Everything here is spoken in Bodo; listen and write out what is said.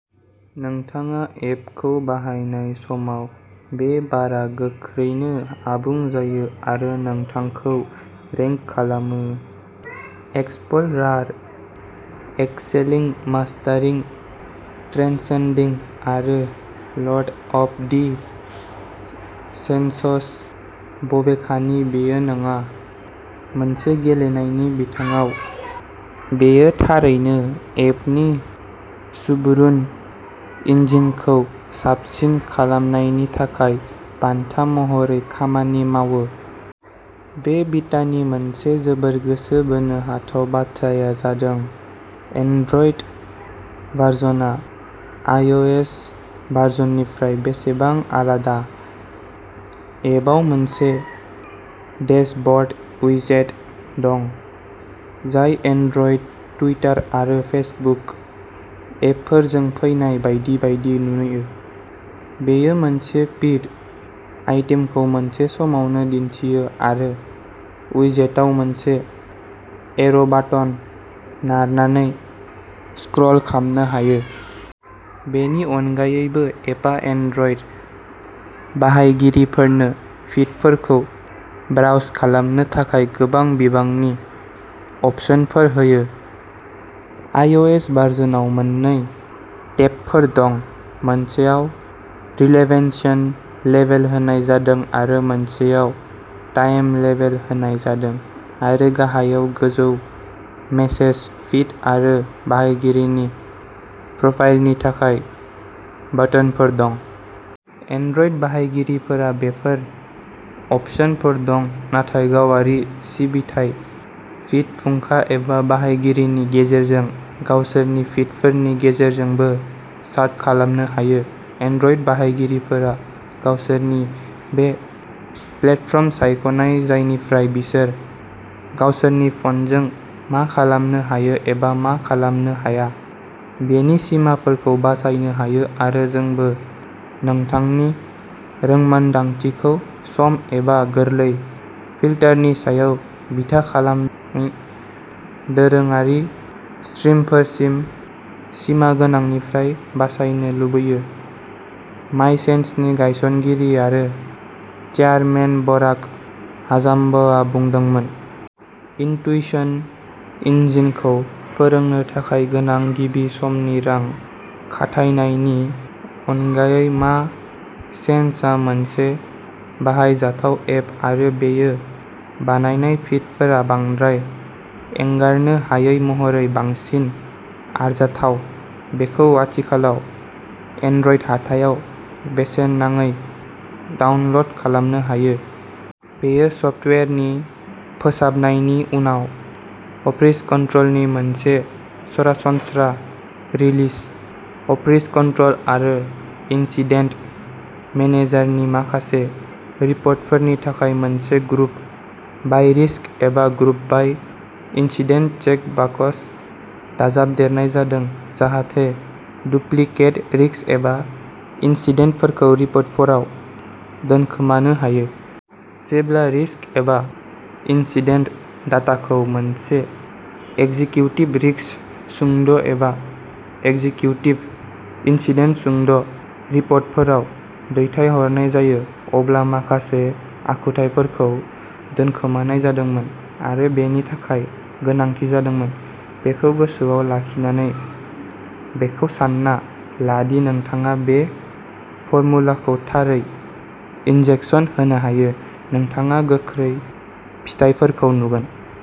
नोंथाङा एपखौ बाहायनाय समाव, बे बारआ गोख्रैनो आबुं जायो आरो नोंथांखौ रेंक खालामोः "एक्सप्ल'रार, एक्सेलिं, मास्टारिं, ट्रेन्सेंडिं, आरो लर्ड अफ दि सेन्सस। " बबेखानि बेयो नङा। मोनसे गेलेनायनि बिथिङाव, बेयो थारैनो एपनि सुबुरुन इन्जिनखौ साबसिन खालामनायनि थाखाय बान्था महरै खामानि मावो। बे बिटानि मोनसे जोबोर गोसो बोनो हाथाव बाथ्राया जादों एन्ड्रइड भारसनआ आइअ'एस भारसननिफ्राय बेसेबां आलादा। एपआव मोनसे डेशबर्ड उइजेट दं, जाय एन्ड्रइड टुइटार आरो फेसबुक एपफोरजों फैनाय बायदि बायदि नुयो। बेयो मोनसे फिड आइटेमखौ मोनसे समावनो दिन्थियो आरो उइजेटआव मोनसे एर'बाटोन नारनानै स्क्रल खालामनो हायो। बेनि अनगायैबो, एपआ एन्ड्रइड बाहायगिरिफोरनो फिडफोरखौ ब्राउज खालामनो थाखाय गोबां बिबांनि अपसनफोर होयो। आइअ'एस भारसनआव मोननै टेबफोर दं, मोनसेयाव "रिलेभेन्स" लेबेल होनाय जादों आरो मोनसेयाव "टाइम" लेबेल होनाय जादों, आरो गाहायाव गोजौ मेसेज, फिड आरो बाहायगिरिनि प्रफाइलनि थाखाय बाटोनफोर दं। एन्ड्रइड बाहायगिरिफोरा बेफोर अपसनफोर दं, नाथाय गावआरि सिबिथाय, फिड फुंखा एबा बाहायगिरिनि गेजेरजों गावसोरनि फिडफोरनि गेजेरजोंबो सार्ट खालामनो हायो। "एन्ड्रइड बाहायगिरिफोरा गावसोरनि बे प्लेटफर्म सायख'नाय जायनिफ्राय बिसोर गावसोरनि फ'नजों मा खालामनो हायो एबा मा खालामनो हाया बेनि सिमाफोरखौ बासायनो हायो, आरो जोंबो नोंथांनि रोंमोनदांथिखौ सम एबा गोरलै फिल्टारनि सायाव बिथा खालामनानै दोरोङारि स्ट्रिमफोरसिम सिमागोनांनिफ्राय बासायनो लुबैयो ", माय सेन्सनि गायसनगिरि आरो चेयारमेन बराक हाचामभआ बुंदोंमोन। इन्टुइशन इन्जिनखौ फोरोंनो थाखाय गोनां गिबि समनि रां खाथायनायनि अनगायै, माय सेन्सआ मोनसे बाहायजाथाव एप, आरो बेयो बानायनाय फिडफोरा बांद्राय एंगारनो हायै महरै बांसिन आरजाथाव। बेखौ आथिखालाव एन्ड्रइड हाथायाव बेसेन नाङै डाउनल'ड खालामनो हायो। बेयो सफ्टवेयारनि फोसाबनायनि उनाव अपरिस्ककन्ट्रोलनि मोनसे सरासनस्रा रिलिज। अपरिस्ककन्ट्रोल आरो इन्सिडेन्ट मेनेजारनि माखासे रिपर्टफोरनि थाखाय मोनसे ग्रुप बाइ रिस्क एबा group by incident check box दाजाबदेरनाय जादों जाहाथे डुप्लिकेट रिस्क एबा इन्सिडेन्टफोरखौ रिपर्टफोराव दोनखोमानो हायो। जेब्ला रिस्क एबा इन्सिडेन्ट डाटाखौ मोनसे एक्जिक्युटिभ रिस्क सुंद'एबा एक्जिक्युटिभ इन्सिडेन्ट सुंद'रिपर्टआव दैथायहरनाय जायो, अब्ला माखासे आखुथाइफोरखौ दोनखोमानाय जादोंमोन आरो बेनि थाखाय गोनांथि जादोंमोन। बेखौ गोसोआव लाखिनानै, बेखौ सान्ना ला दि नोंथाङा बे फर्मुलाखौ थारै इन्जेकसन होनो हायो, नोंथाङा गोख्रै फिथायफोरखौ नुगोन।